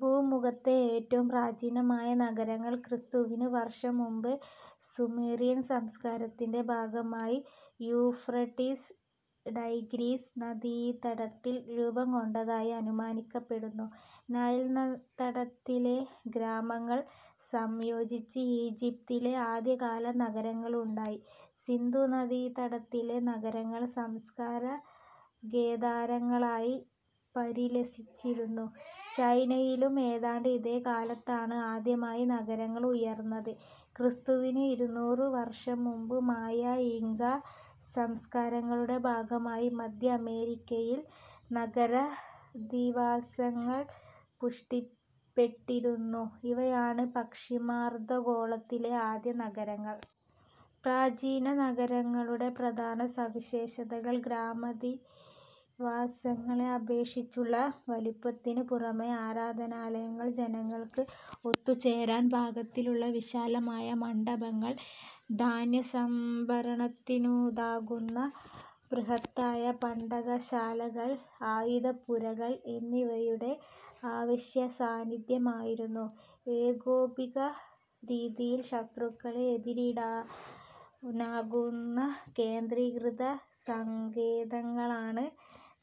ഭൂമുഖത്തെ ഏറ്റവും പ്രാചീനമായ നഗരങ്ങൾ ക്രിസ്തുവിന് വർഷം മുമ്പ് സുമേറിയൻ സംസ്കാരത്തിന്റെ ഭാഗമായി യൂഫ്രടിസ്-ടൈഗ്രിസ് നദീതടത്തിൽ രൂപംകൊണ്ടതായി അനുമാനിക്കപ്പെടുന്നു. നൈൽതടത്തിലെ ഗ്രാമങ്ങൾ സംയോജിച്ച് ഈജിപ്തിലെ ആദ്യകാല നഗരങ്ങളുണ്ടായി. സിന്ധുനദീതടത്തിലെ നഗരങ്ങൾ സംസ്കാരകേദാരങ്ങളായി പരിലസിച്ചിരുന്നു. ചൈനയിലും ഏതാണ്ട് ഇതേ കാലത്താണ് ആദ്യമായി നഗരങ്ങൾ ഉയർന്നത്. ക്രിസ്തുവിന് ഇരുനൂറ് വർഷം മുമ്പ് മയാ-ഇങ്കാ സംസ്കാരങ്ങളുടെ ഭാഗമായി മധ്യഅമേരിക്കയിൽ നഗരാധിവാസങ്ങൾ പുഷ്ടിപ്പെട്ടിരുന്നു ഇവയാണ് പശ്ചിമാർധഗോളത്തിലെ ആദ്യ നഗരങ്ങൾ. പ്രാചീന നഗരങ്ങളുടെ പ്രധാന സവിശേഷതകൾ ഗ്രാമാധിവാസങ്ങളെ അപേക്ഷിച്ചുള്ള വലിപ്പത്തിനു പുറമേ, ആരാധനാലയങ്ങൾ, ജനങ്ങൾക്ക് ഒത്തുചേരുവാൻപാകത്തിലുള്ള വിശാലമായ മണ്ഡപങ്ങൾ, ധാന്യസംഭരണത്തിനുതകുന്ന ബൃഹത്തായ പണ്ടകശാലകൾ, ആയുധപ്പുരകൾ എന്നിവയുടെ അവശ്യസാന്നിധ്യമായിരുന്നു. ഏകോപിത രീതിയിൽ ശത്രുക്കളെ എതിരിടുവാനുതകുന്ന കേന്ദ്രീകൃത സങ്കേതങ്ങളായാണ്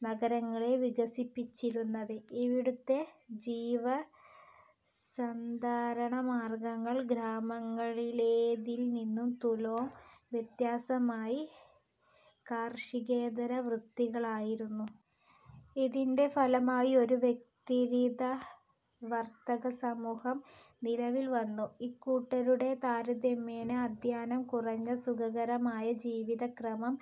നഗരങ്ങളെ വികസിപ്പിച്ചിരുന്നത്. ഇവിടത്തെ ജീവസന്ധാരണമാർഗങ്ങൾ ഗ്രാമങ്ങളിലേതിൽനിന്ന് തുലോം വ്യത്യസ്തമായി കാർഷികേതര വൃത്തികളായിരുന്നു. ഇതിന്റെ ഫലമായി ഒരു വ്യതിരിക്ത വർത്തകസമൂഹം നിലവിൽവന്നു. ഇക്കൂട്ടരുടെ, താരതമ്യേന അധ്വാനം കുറഞ്ഞ സുഖകരമായ ജീവിതക്രമം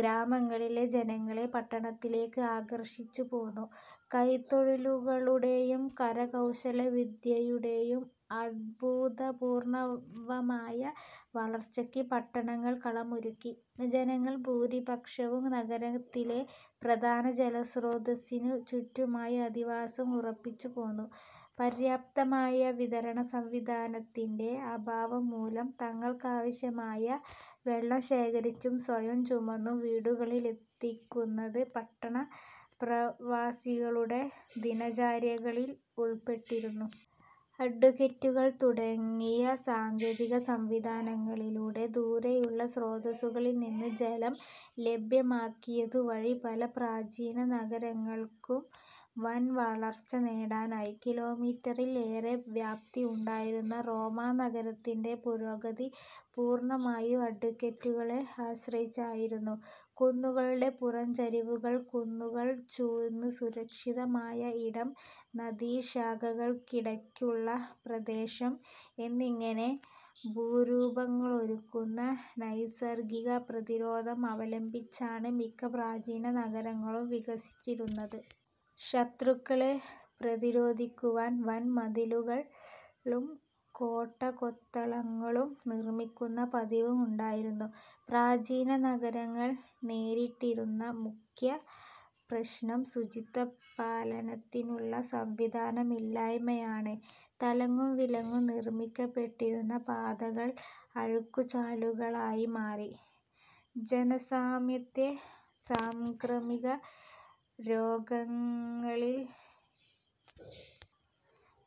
ഗ്രാമങ്ങളിലെ ജനങ്ങളെ പട്ടണത്തിലേക്ക് ആകർഷിച്ചുപോന്നു. കൈത്തൊഴിലുകളുടെയും കരകൗശലവിദ്യയുടെയും അഭൂതപൂർവമായ വളർച്ചയ്ക്ക് പട്ടണങ്ങൾ കളമൊരുക്കി. ജനങ്ങളിൽ ഭൂരിപക്ഷവും നഗരത്തിലെ പ്രധാന ജലസ്രോതസ്സിനു ചുറ്റുമായി അധിവാസം ഉറപ്പിച്ചുപോന്നു. പര്യാപ്തമായ വിതരണസംവിധാനത്തിന്റെ അഭാവംമൂലം തങ്ങൾക്കാവശ്യമായ വെള്ളം ശേഖരിച്ചും സ്വയം ചുമന്നും വീടുകളിലെത്തിക്കുന്നത് പട്ടണവാസികളുടെ ദിനചര്യകളിൽ ഉൾപ്പെട്ടിരുന്നു. അക്വിഡക്റ്റുകൾ തുടങ്ങിയ സാങ്കേതിക സംവിധാനങ്ങളിലൂടെ ദൂരെയുള്ള സ്രോതസ്സുകളിൽനിന്ന് ജലം ലഭ്യമാക്കിയതുവഴി പല പ്രാചീന നഗരങ്ങൾക്കും വൻ വളർച്ച നേടാനായി. കിലോമീറ്ററിൽ ഏറേ വ്യാപ്തി ഉണ്ടായിരുന്ന റോമാനഗരത്തിന്റെ പുരോഗതി പൂർണമായും അക്വിഡക്റ്റുകളെ ആശ്രയിച്ചായിരുന്നു. കുന്നുകളുടെ പുറംചരിവുകൾ, കുന്നുകൾ ചൂഴ്ന്ന് സുരക്ഷിതമായ ഇടം, നദീശാഖകൾക്കിടയ്ക്കുള്ള പ്രദേശം എന്നിങ്ങനെ ഭൂരൂപങ്ങളൊരുക്കുന്ന നൈസർഗിക പ്രതിരോധം അവലംബിച്ചാണ് മിക്ക പ്രാചീന നഗരങ്ങളും വികസിച്ചിരുന്നത്. ശത്രുക്കളെ പ്രതിരോധിക്കുവാൻ വൻ മതിലുകളും കോട്ടകൊത്തളങ്ങളും നിർമ്മിക്കുന്ന പതിവും ഉണ്ടായിരുന്നു. പ്രാചീന നഗരങ്ങൾ നേരിട്ടിരുന്ന മുഖ്യ പ്രശ്നം ശുചിത്വപാലനത്തിനുള്ള സംവിധാനമില്ലായ്മയാണ്. തലങ്ങും വിലങ്ങും നിർമ്മിക്കപ്പെട്ടിരുന്ന പാതകൾ അഴുക്കുചാലുകളായിമാറി ജനസാമാന്യത്തെ സാംക്രമിക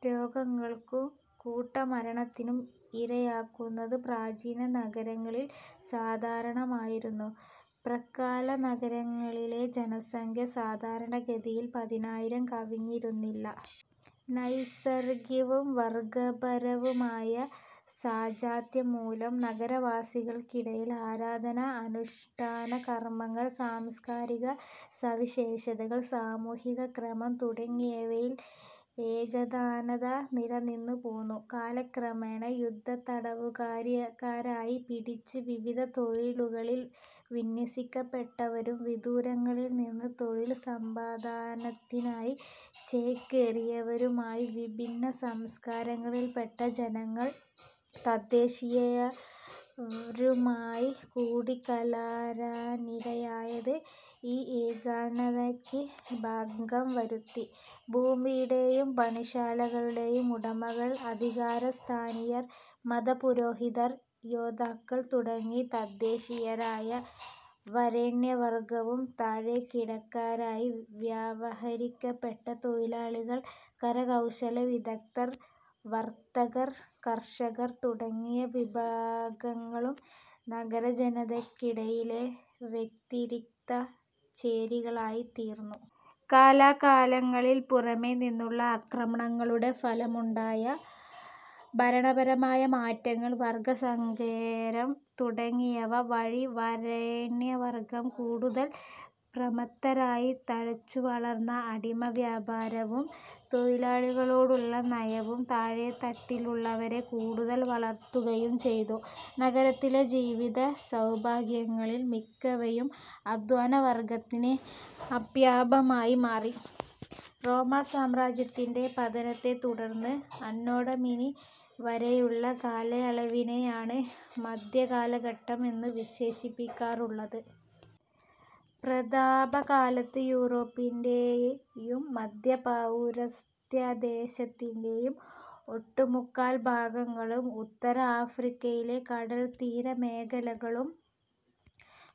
രോഗങ്ങൾക്കും കൂട്ടമരണത്തിനും ഇരയാക്കുന്നത് പ്രാചീന നഗരങ്ങളിൽ സാധാരണമായിരുന്നു. പ്രാക്കാല നഗരങ്ങളിലെ ജനസംഖ്യ സാധാരണ ഗതിയിൽ പതിനായിരം കവിഞ്ഞിരുന്നില്ല. നൈസർഗികവും വർഗപരവുമായ സാജാത്യംമൂലം നഗരവാസികൾക്കിടയിൽ ആരാധന, അനുഷ്ഠാനകർമങ്ങൾ, സാംസ്കാരിക സവിശേഷതകൾ, സാമൂഹിക ക്രമം തുടങ്ങിയവയിൽ ഏകതാനത നിലനിന്നുപോന്നു. കാലക്രമേണ, യുദ്ധത്തടവുകാരായി പിടിച്ച്, വിവിധ തൊഴിലുകളിൽ വിന്യസിക്കപ്പെട്ടവരും വിദൂരങ്ങളിൽനിന്ന് തൊഴിൽ സമ്പാദനത്തിനായി ചേക്കേറിയവരുമായി വിഭിന്ന സംസ്കാരങ്ങളിൽപ്പെട്ട ജനങ്ങൾ തദ്ദേശീയരുമായി കൂടിക്കലരാനിടയായത് ഈ ഏകതാനതയ്ക്ക് ഭംഗം വരുത്തി. ഭൂമിയുടെയും പണിശാലകളുടെയും ഉടമകൾ, അധികാരസ്ഥാനീയർ, മതപുരോഹിതർ, യോദ്ധാക്കൾ തുടങ്ങി തദ്ദേശീയരായ വരേണ്യവർഗവും താഴേക്കിടക്കാരായി വ്യവഹരിക്കപ്പെട്ട തൊഴിലാളികൾ, കരകൗശലവിദഗ്ദ്ധർ, വർത്തകർ, കർഷകർ തുടങ്ങിയ വിഭാഗങ്ങളും നഗരജനതയ്ക്കിടയിലെ വ്യതിരിക്ത ചേരികളായിത്തീർന്നു. കാലാകാലങ്ങളിൽ പുറമേനിന്നുള്ള ആക്രമണങ്ങളുടെ ഫലമായുണ്ടായ ഭരണപരമായ മാറ്റങ്ങൾ, വർഗസങ്കരം തുടങ്ങിയവ വഴി വരേണ്യവർഗം കൂടുതൽ പ്രമത്തരായി. തഴച്ചുവളർന്ന അടിമവ്യാപാരവും തൊഴിലാളികളോടുള്ള നയവും താഴേത്തട്ടിലുള്ളവരെ കൂടുതൽ തളർത്തുകയും ചെയ്തു. നഗരത്തിലെ ജീവിതസൗഭാഗ്യങ്ങളിൽ മിക്കവയും അധ്വാനവർഗത്തിന് അപ്രാപ്യമായി മാറി. റോമാസാമ്രാജ്യത്തിന്റെ പതനത്തെത്തുടർന്ന് അന്നോടൊമിനി വരെയുള്ള കാലയളവിനെയാണ് മധ്യകാലഘട്ടം എന്നു വിശേഷിപ്പിക്കാറുള്ളത്. പ്രതാപകാലത്ത് യൂറോപ്പിന്റെയും മധ്യ പൗരസ്ത്യദേശത്തിന്റെയും ഒട്ടുമുക്കാൽ ഭാഗങ്ങളും ഉത്തര ആഫ്രിക്കയിലെ കടൽത്തീരമേഖലകളും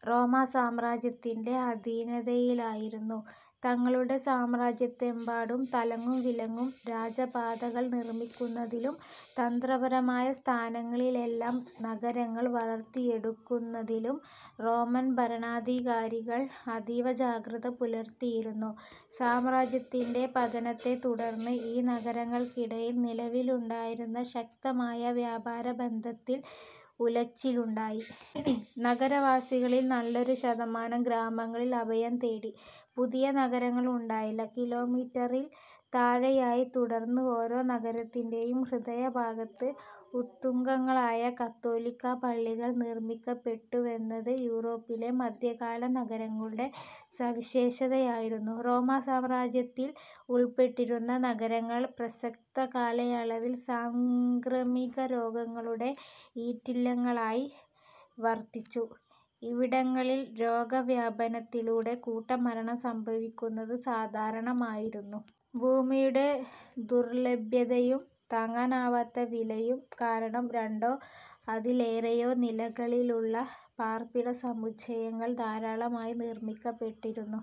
റോമാസാമ്രാജ്യത്തിന്റെ അധീനതയിലായിരുന്നു. തങ്ങളുടെ സാമ്രാജ്യത്തെമ്പാടും തലങ്ങും വിലങ്ങും രാജപാതകൾ നിർമ്മിക്കുന്നതിലും തന്ത്രപരമായ സ്ഥാനങ്ങളിലെല്ലാം നഗരങ്ങൾ വളർത്തിയെടുക്കുന്നതിലും റോമൻ ഭരണാധികാരികൾ അതീവ ജാഗ്രത പുലർത്തിയിരുന്നു. സാമ്രാജ്യത്തിന്റെ പതനത്തെത്തുടർന്ന് ഈ നഗരങ്ങൾക്കിടയിൽ നിലവിലുണ്ടായിരുന്ന ശക്തമായ വ്യാപാരബന്ധത്തിൽ ഉലച്ചിലുണ്ടായി. നഗരവാസികളിൽ നല്ലൊരു ശതമാനം ഗ്രാമങ്ങളിൽ അഭയം തേടി. പുതിയ നഗരങ്ങൾ ഉണ്ടായില്ല. കിലോമീറ്ററിൽ താഴെയായി തുടർന്നു. ഓരോ നഗരത്തിന്റെയും ഹൃദയഭാഗത്ത് ഉത്തുംഗങ്ങളായ കത്തോലിക്കാപ്പള്ളികൾ നിർമ്മിക്കപ്പെട്ടുവെന്നത് യൂറോപ്പിലെ മധ്യകാല നഗരങ്ങളുടെ സവിശേഷതയായിരുന്നു. റോമാസാമ്രാജ്യത്തിൽ ഉൾപ്പെട്ടിരുന്ന നഗരങ്ങൾ പ്രസക്ത കാലയളവിൽ സാംക്രമികരോഗങ്ങളുടെ ഈറ്റില്ലങ്ങളായി വർത്തിച്ചു. ഇവിടങ്ങളിൽ രോഗവ്യാപനത്തിലൂടെ കൂട്ടമരണം സംഭവിക്കുന്നത് സാധാരണമായിരുന്നു. ഭൂമിയുടെ ദുർലഭ്യതയും താങ്ങാനാവാത്ത വിലയും കാരണം, രണ്ടോ അതിലേറെയോ നിലകളിലുള്ള പാർപ്പിടസമുച്ചയങ്ങൾ ധാരാളമായി നിർമ്മിക്കപ്പെട്ടിരുന്നു.